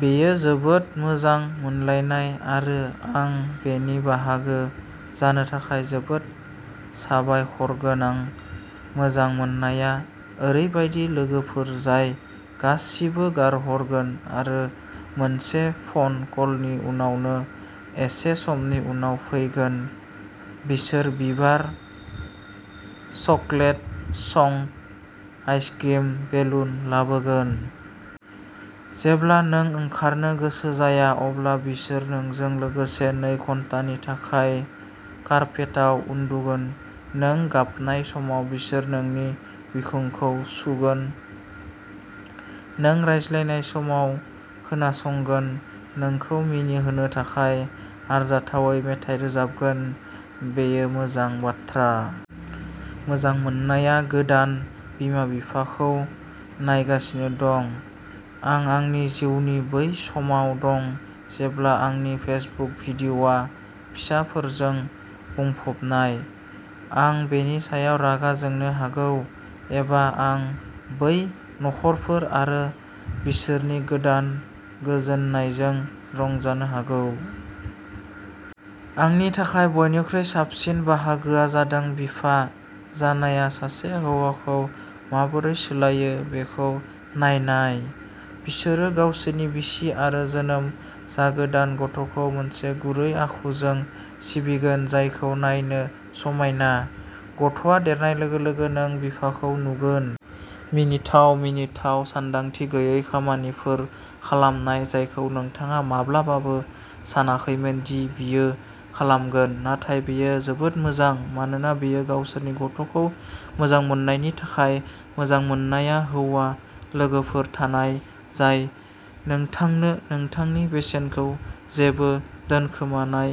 बेयो जोबोद मोजां मोनलायनाय, आरो आं बेनि बाहागो जानो थाखाय जोबोद साबायखरगोनां। मोजां मोननाया ओरैबायदि लोगोफोर जाय गासिबो गारहरगोन आरो मोनसे फन कलनि उनावनो एसे समनि उनाव फैगोन। बिसोर बिबार, चकलेट चंक आइसक्रिम, बेलुन लाबोगोन। जेब्ला नों ओंखारनो गोसो जाया अब्ला बिसोर नोंजों लोगोसे नै घन्टानि थाखाय कार्पेटाव उन्दुगोन। नों गाबनाय समाव बिसोर नोंनि बिखुंखौ सुगोन, नों रायज्लायनाय समाव खोनासगोन, नोंखौ मिनिहोनो थाखाय आरजाथावै मेथाइ रोजाबगोन। बेयो मोजां बाथ्रा। मोजां मोननाया गोदान बिमा-बिफाखौ नायगासिनो दं। आं आंनि जिउनि बै समाव दं जेब्ला आंनि फेसबुक फिडआ फिसाफोरजों बुंफबनाय। आं बेनि सायाव रागा जोंनो हागौ, एबा आं बै नखरफोर आरो बिसोरनि गोदान गोजोननायजों रंजानो हागौ। आंनि थाखाय बयनिख्रुइ साबसिन बाहागोआ जादों बिफा जानाया सासे हौवाखौ माबोरै सोलायो बेखौ नायनाय। बिसोरो गावसोरनि बिसि आरो जोनोम जागोदान गथ'खौ मोनसे गुरै आखुजों सिबिगोन जायखौ नायनो समायना। गथ'आ देरनाय लोगो लोगो नों बिफाखौ नुगोन। मिनिथाव, मिनिथाव, सानदांथि गैयै खामानिफोर खालामनाय जायखौ नोंथाङा माब्लाबाबो सानाखैमोन दि बियो खालामगोन। नाथाय बेयो जोबोद मोजां, मानोना बेयो गावसोरनि गथ'खौ मोजां मोननायनि थाखाय। मोजां मोननाया हौवा लोगोफोर थानाय, जाय नोंथांनो नोंथांनि बेसेनखौ जेबो दोनखोमानाय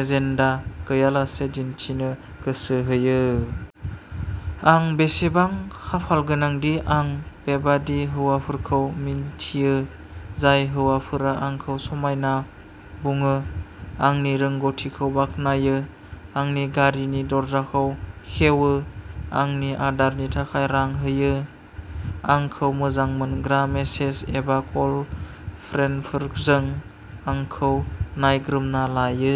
एजेन्डा गैयालासे दिन्थिनो गोसो होयो। आं बेसेबां खाफालगोनांदि आं बेबादि हौवाफोरखौ मिन्थियो। जाय हौवाफोरा आंखौ समायना बुङो, आंनि रोंग'थिखौ बाख्नायो, आंनि गारिनि दरजाखौ खेवो, आंनि आदारनि थाखाय रां होयो, आंखौ मोजां मोनग्रा मेसेज एबा कल-फ्रेन्डफोरजों आंखौ नायग्रोमना लायो।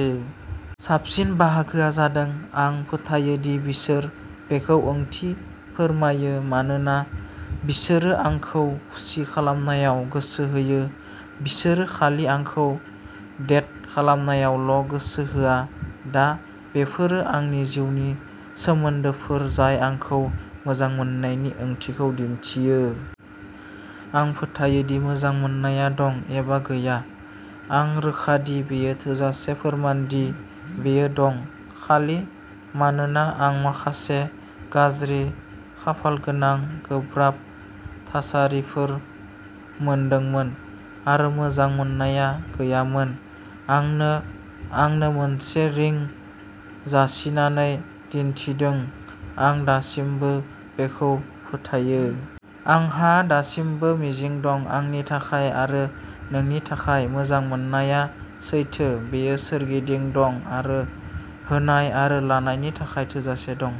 साबसिन बाहागोआ जादों, आं फोथायो दि बिसोर बेखौ ओंथि फोरमायो मानोना बिसोरो आंखौ खुसि खालामनायाव गोसो होयो-बिसोरो खालि आंखौ डेट खालामनायावल'गोसो होआ। दा, बेफोरो आंनि जिउनि सोमोन्दोफोर जाय आंखौ मोजां मोननायनि ओंथिखौ दिन्थियो। आं फोथायो दि मोजां मोननाया दं, एबा गैया। आं रोखा दि बेयो थोजासे फोरमान दि बेयो दं। खालि मानोना आं माखासे गाज्रि खाफालगोनां, गोब्राब थासारिफोर मोनदोंमोन, आरो मोजां मोननाया गैयामोन। आंनो आंनो मोनसे रिं जासिनानै दिन्थिदों, आं दासिमबो बेखौ फोथायो। आंहा दासिमबो मिजिं दं, आंनि थाखाय आरो नोंनि थाखाय। मोजां मोननाया सैथो, बेयो सोरगिदिं दं, आरो होनाय आरो लानायनि थाखाय थोजासे दं।